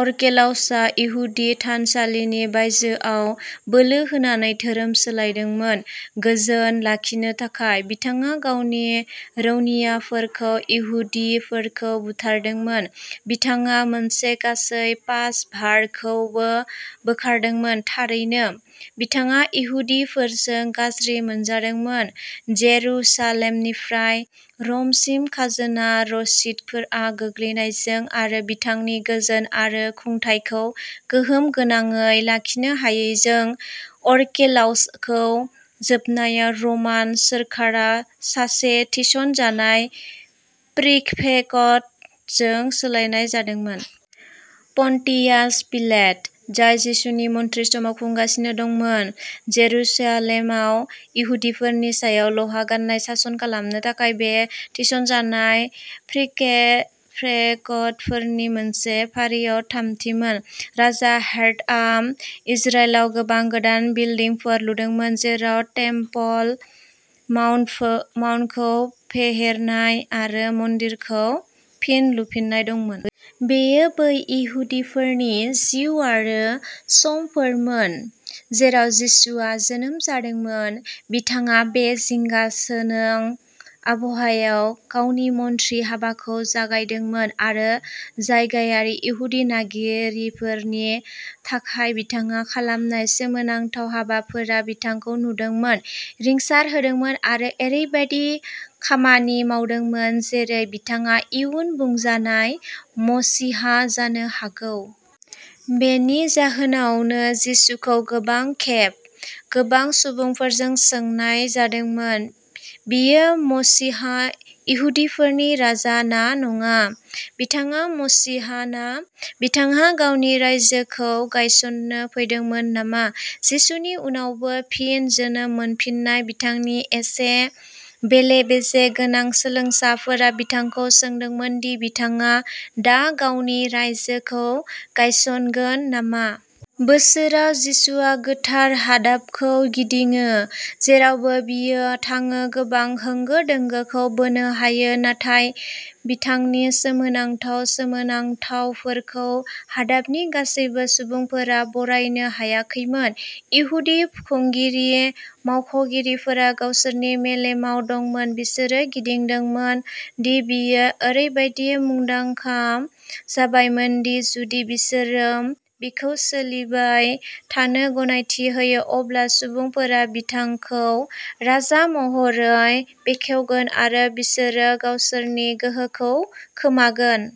आर्केलाउसआ इहुदि थानसालिनि बायजोयाव बोलो होनानै धोरोम सोलायदोंमोन। गोजोन लाखिनो थाखाय, बिथाङा गावनि रौनियाफोरखौ इहुदिफोरखौ बुथारदोंमोन। बिथाङा मोनसे गासै पास'भारखौबो बोखारदोंमोन! थारैनो, बिथाङा इहुदिफोरजों गाज्रि मोनजादोंमोन। जेरुसालेमनिफ्राय र'मसिम खाजोना रसिदफोरा गोग्लैनायजों आरो बिथांनि गोजोन आरो खुंथायखौ गोहोम गोनाङै लाखिनो हायैजों, आर्केलाउसखौ जोबनायाव रमान सोरखारा सासे थिसनजानाय प्रिफेक्टजों सोलायनाय जादोंमोन। पन्टियास पिलेट, जाय जिसुनि मन्थ्रि समाव खुंगासिनो दंमोन, जेरुसालेमाव इहुदिफोरनि सायाव लहा-गाननाय सासन खालामनो थाखाय बे थिसनजानाय प्रिफेक्टफोरनि मोनसे फारियाव थामथिमोन। राजा हेर'डआ इजराइलाव गोबां गोदान बिल्डिंफोर लुदोंमोन, जेराव टेम्पल माउन्टखौ फेहेरनाय आरो मन्दिरखौ फिन लुफिननाय दंमोन। बेयो बै इहुदिफोरनि जिउ आरो समफोरमोन जेराव जिसुआ जोनोम जादोंमोन। बिथाङा बे जिंगासोनां आबहावायाव गावनि मन्थ्रि हाबाखौ जागायदोंमोन, आरो जायगायारि इहुदि नायगिरिफोरनि थाखाय बिथाङा खालामनाय सोमोनांथाव हाबाफोरा बिथांखौ नुदोंमोन, रिंसारहोदोंमोन आरो ओरैबायदि खामानि मावदोंमोन जेरै बिथाङा इयुन बुंजानाय मसीहा जानो हागौ। बेनि जाहोनावनो जिसुखौ गोबां खेब, गोबां सुबुंफोरजों सोंनाय जादोंमोन, बियो मसीहा, इहुदिफोरनि राजा ना नङा। बिथाङा मसीहा ना? बिथाङा गावनि रायजोखौ गायसननो फैदोंमोन नामा? जिसुनि उनावबो? फिन जोनोम मोनफिन्नाय, बिथांनि एसे बेले-बेजे गोनां सोलोंसाफोरा बिथांखौ सोंदोंमोन दि बिथाङा दा गावनि "रायजो" खौ गायसनगोन नामा। बोसोराव जिसुआ गोथार हादाबखौ गिदिङो, जेरावबो बियो थाङो गोबां होंगो-दोंगोखौ बोनो हायो। नाथाय बिथांनि सोमोनांथाव सोमोनांथावफोरखौ हादाबनि गासैबो सुबुंफोरा बरायनो हायाखैमोन। इहुदि खुंगिरि मावख'गिरिफोरा गावसोरनि मेलेमाव दंमोन। बिसोरो गिदोंमोन दि बियो ओरैबायदि मुंदांखा जाबायमोन दि जुदि बिसोरो बिखौ सोलिबाय थानो गनायथि होयो, अब्ला सुबुंफोरा बिथांखौ राजा महरै बेखेवगोन आरो बिसोरो गावसोरनि गोहोखौ खोमागोन।